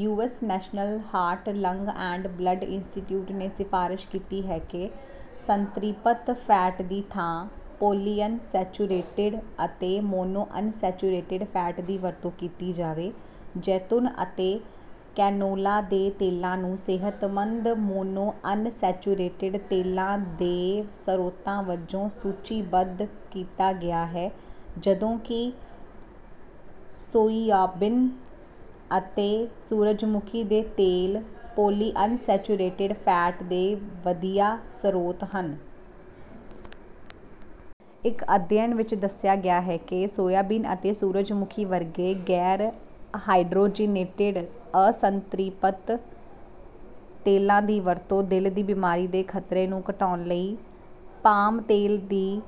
US National Heart, Lung and Blood Institute ਨੇ ਸਿਫ਼ਾਰਸ਼ ਕੀਤੀ ਹੈ ਕਿ ਸੰਤ੍ਰਿਪਤ ਫੈਟ ਦੀ ਥਾਂ ਪੌਲੀਅਨਸੈਚੁਰੇਟਿਡ ਅਤੇ ਮੋਨੋਅਨਸੈਚੁਰੇਟਿਡ ਫੈਟ ਦੀ ਵਰਤੋਂ ਕੀਤੀ ਜਾਵੇ। ਜੈਤੂਨ ਅਤੇ ਕੈਨੋਲਾ ਦੇ ਤੇਲਾਂ ਨੂੰ ਸਿਹਤਮੰਦ ਮੋਨੋਅਨਸੈਚੁਰੇਟਿਡ ਤੇਲਾਂ ਦੇ ਸਰੋਤਾਂ ਵਜੋਂ ਸੂਚੀਬੱਧ ਕੀਤਾ ਗਿਆ ਹੈ, ਜਦੋਂਕਿ ਸੋਇਆਬੀਨ ਅਤੇ ਸੂਰਜਮੁਖੀ ਦੇ ਤੇਲ ਪੌਲੀਅਨਸੈਚੁਰੇਟਿਡ ਫੈਟ ਦੇ ਵਧੀਆ ਸਰੋਤ ਹਨ। ਇੱਕ ਅਧਿਐਨ ਵਿੱਚ ਦੱਸਿਆ ਗਿਆ ਹੈ ਕਿ ਸੋਇਆਬੀਨ ਅਤੇ ਸੂਰਜਮੁਖੀ ਵਰਗੇ ਗੈਰ-ਹਾਈਡਰੋਜਨੇਟਿਡ ਅਸੰਤ੍ਰਿਪਤ ਤੇਲਾਂ ਦੀ ਵਰਤੋਂ ਦਿਲ ਦੀ ਬਿਮਾਰੀ ਦੇ ਖ਼ਤਰੇ ਨੂੰ ਘਟਾਉਣ ਲਈ ਪਾਮ ਤੇਲ ਦੀ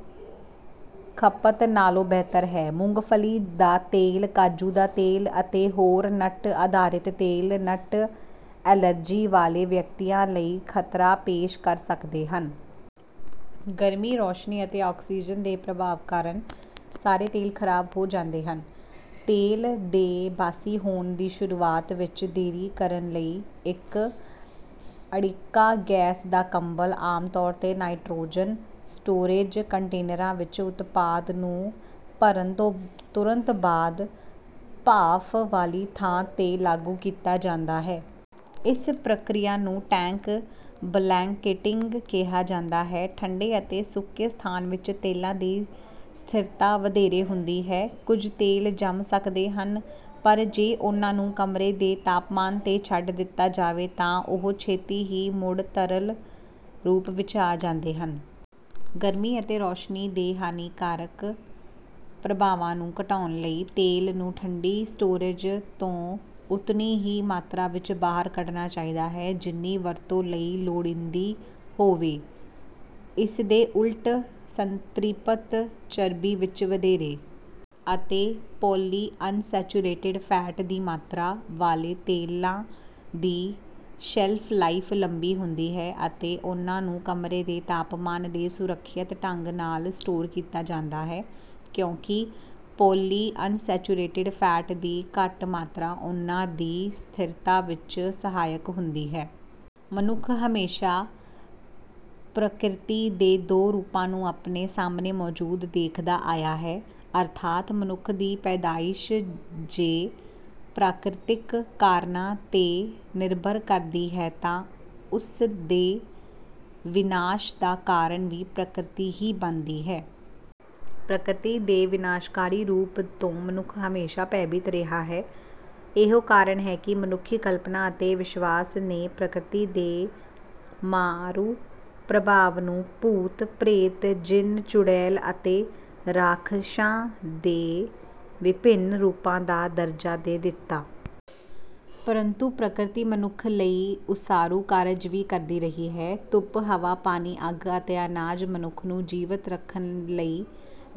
ਖਪਤ ਨਾਲੋਂ ਬਿਹਤਰ ਹੈ। ਮੂੰਗਫਲੀ ਦਾ ਤੇਲ, ਕਾਜੂ ਦਾ ਤੇਲ ਅਤੇ ਹੋਰ ਨਟ-ਆਧਾਰਿਤ ਤੇਲ ਨਟ ਐਲਰਜੀ ਵਾਲੇ ਵਿਅਕਤੀਆਂ ਲਈ ਖ਼ਤਰਾ ਪੇਸ਼ ਕਰ ਸਕਦੇ ਹਨ। ਗਰਮੀ, ਰੌਸ਼ਨੀ ਅਤੇ ਆਕਸੀਜਨ ਦੇ ਪ੍ਰਭਾਵ ਕਾਰਨ ਸਾਰੇ ਤੇਲ ਖ਼ਰਾਬ ਹੋ ਜਾਂਦੇ ਹਨ। ਤੇਲ ਦੇ ਬਾਸੀ ਹੋਣ ਦੀ ਸ਼ੁਰੂਆਤ ਵਿੱਚ ਦੇਰੀ ਕਰਨ ਲਈ, ਇੱਕ ਅੜਿੱਕਾ ਗੈਸ ਦਾ ਕੰਬਲ, ਆਮ ਤੌਰ ’ਤੇ ਨਾਈਟ੍ਰੋਜਨ, ਸਟੋਰੇਜ ਕੰਟੇਨਰਾਂ ਵਿੱਚ ਉਤਪਾਦ ਨੂੰ ਭਰਨ ਤੋਂ ਤੁਰੰਤ ਬਾਅਦ ਭਾਫ਼ ਵਾਲੀ ਥਾਂ ’ਤੇ ਲਾਗੂ ਕੀਤਾ ਜਾਂਦਾ ਹੈ। ਇਸ ਪ੍ਰਕਿਰਿਆ ਨੂੰ ‘ਟੈਂਕ ਬਲੈਂਕੇਟਿੰਗ’ ਕਿਹਾ ਜਾਂਦਾ ਹੈ। ਠੰਢੇ ਅਤੇ ਸੁੱਕੇ ਸਥਾਨ ਵਿੱਚ ਤੇਲਾਂ ਦੀ ਸਥਿਰਤਾ ਵਧੇਰੇ ਹੁੰਦੀ ਹੈ। ਕੁਝ ਤੇਲ ਜੰਮ ਸਕਦੇ ਹਨ, ਪਰ ਜੇ ਉਨ੍ਹਾਂ ਨੂੰ ਕਮਰੇ ਦੇ ਤਾਪਮਾਨ ’ਤੇ ਛੱਡ ਦਿੱਤਾ ਜਾਵੇ ਤਾਂ ਉਹ ਛੇਤੀ ਹੀ ਮੁੜ ਤਰਲ ਰੂਪ ਵਿੱਚ ਆ ਜਾਂਦੇ ਹਨ। ਗਰਮੀ ਅਤੇ ਰੌਸ਼ਨੀ ਦੇ ਹਾਨੀਕਾਰਕ ਪ੍ਰਭਾਵਾਂ ਨੂੰ ਘਟਾਉਣ ਲਈ ਤੇਲ ਨੂੰ ਠੰਢੀ ਸਟੋਰੇਜ ਤੋਂ ਉਤਨੀ ਹੀ ਮਾਤਰਾ ਵਿੱਚ ਬਾਹਰ ਕੱਢਣਾ ਚਾਹੀਦਾ ਹੈ, ਜਿੰਨੀ ਵਰਤੋਂ ਲਈ ਲੋੜੀਂਦੀ ਹੋਵੇ। ਇਸਦੇ ਉਲਟ, ਸੰਤ੍ਰਿਪਤ ਚਰਬੀ ਵਿੱਚ ਵਧੇਰੇ ਅਤੇ ਪੌਲੀਅਨਸੈਚੁਰੇਟਿਡ ਫੈਟ ਦੀ ਮਾਤਰਾ ਵਾਲੇ ਤੇਲਾਂ ਦੀ ਸ਼ੈਲਫ ਲਾਈਫ ਲੰਬੀ ਹੁੰਦੀ ਹੈ ਅਤੇ ਉਨ੍ਹਾਂ ਨੂੰ ਕਮਰੇ ਦੇ ਤਾਪਮਾਨ ਦੇ ਸੁਰੱਖਿਅਤ ਢੰਗ ਨਾਲ ਸਟੋਰ ਕੀਤਾ ਜਾਂਦਾ ਹੈ, ਕਿਉਂਕਿ ਪੌਲੀਅਨਸੈਚੁਰੇਟਿਡ ਫੈਟ ਦੀ ਘੱਟ ਮਾਤਰਾ ਉਨ੍ਹਾਂ ਦੀ ਸਥਿਰਤਾ ਵਿੱਚ ਸਹਾਇਕ ਹੁੰਦੀ ਹੈ। ਮਨੁੱਖ ਹਮੇਸ਼ਾਂ ਪ੍ਰਕਿਰਤੀ ਦੇ ਦੋ ਰੂਪਾਂ ਨੂੰ ਆਪਣੇ ਸਾਹਮਣੇ ਮੌਜੂਦ ਦੇਖਦਾ ਆਇਆ ਹੈ, ਅਰਥਾਤ, ਮਨੁੱਖ ਦੀ ਪੈਦਾਇਸ਼ ਜੇ ਪ੍ਰਾਕਿਰਤਿਕ ਕਾਰਨਾਂ ’ਤੇ ਨਿਰਭਰ ਕਰਦੀ ਹੈ ਤਾਂ ਉਸ ਦੇ ਵਿਨਾਸ਼ ਦਾ ਕਾਰਨ ਵੀ ਪ੍ਰਕਿਰਤੀ ਹੀ ਬਣਦੀ ਹੈ। ਪ੍ਰਕਿਰਤੀ ਦੇ ਵਿਨਾਸ਼ਕਾਰੀ ਰੂਪ ਤੋਂ ਮਨੁੱਖ ਹਮੇਸ਼ਾਂ ਭੈਭੀਤ ਰਿਹਾ ਹੈ। ਇਹੋ ਕਾਰਨ ਹੈ ਕਿ ਮਨੁੱਖੀ ਕਲਪਨਾ ਅਤੇ ਵਿਸ਼ਵਾਸ ਨੇ ਪ੍ਰਕਿਰਤੀ ਦੇ ਮਾਰੂ ਪ੍ਰਭਾਵ ਨੂੰ ਭੂਤ, ਪ੍ਰੇਤ, ਜਿੰਨ, ਚੁੜੇਲ ਅਤੇ ਰਾਖਸ਼ਾਂ ਦੇ ਵਿਭਿੰਨ ਰੂਪਾਂ ਦਾ ਦਰਜਾ ਦੇ ਦਿੱਤਾ। ਪਰੰਤੂ ਪ੍ਰਕਿਰਤੀ ਮਨੁੱਖ ਲਈ ਉਸਾਰੂ ਕਾਰਜ ਵੀ ਕਰਦੀ ਰਹੀ ਹੈ। ਧੁੱਪ, ਹਵਾ, ਪਾਣੀ, ਅੱਗ ਅਤੇ ਅਨਾਜ ਮਨੁੱਖ ਨੂੰ ਜੀਵਤ ਰੱਖਣ ਲਈ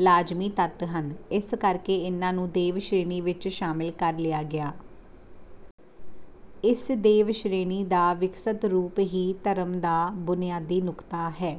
ਲਾਜ਼ਮੀ ਤੱਤ ਹਨ। ਇਸ ਕਰਕੇ ਇਨ੍ਹਾਂ ਨੂੰ ‘ਦੇਵ’ ਸ਼੍ਰੇਣੀ ਵਿੱਚ ਸ਼ਾਮਲ ਕਰ ਲਿਆ ਗਿਆ। ਇਸ ‘ਦੇਵ’ ਸ਼੍ਰੇਣੀ ਦਾ ਵਿਕਸਤ ਰੂਪ ਹੀ ਧਰਮ ਦਾ ਬੁਨਿਆਦੀ ਨੁਕਤਾ ਹੈ।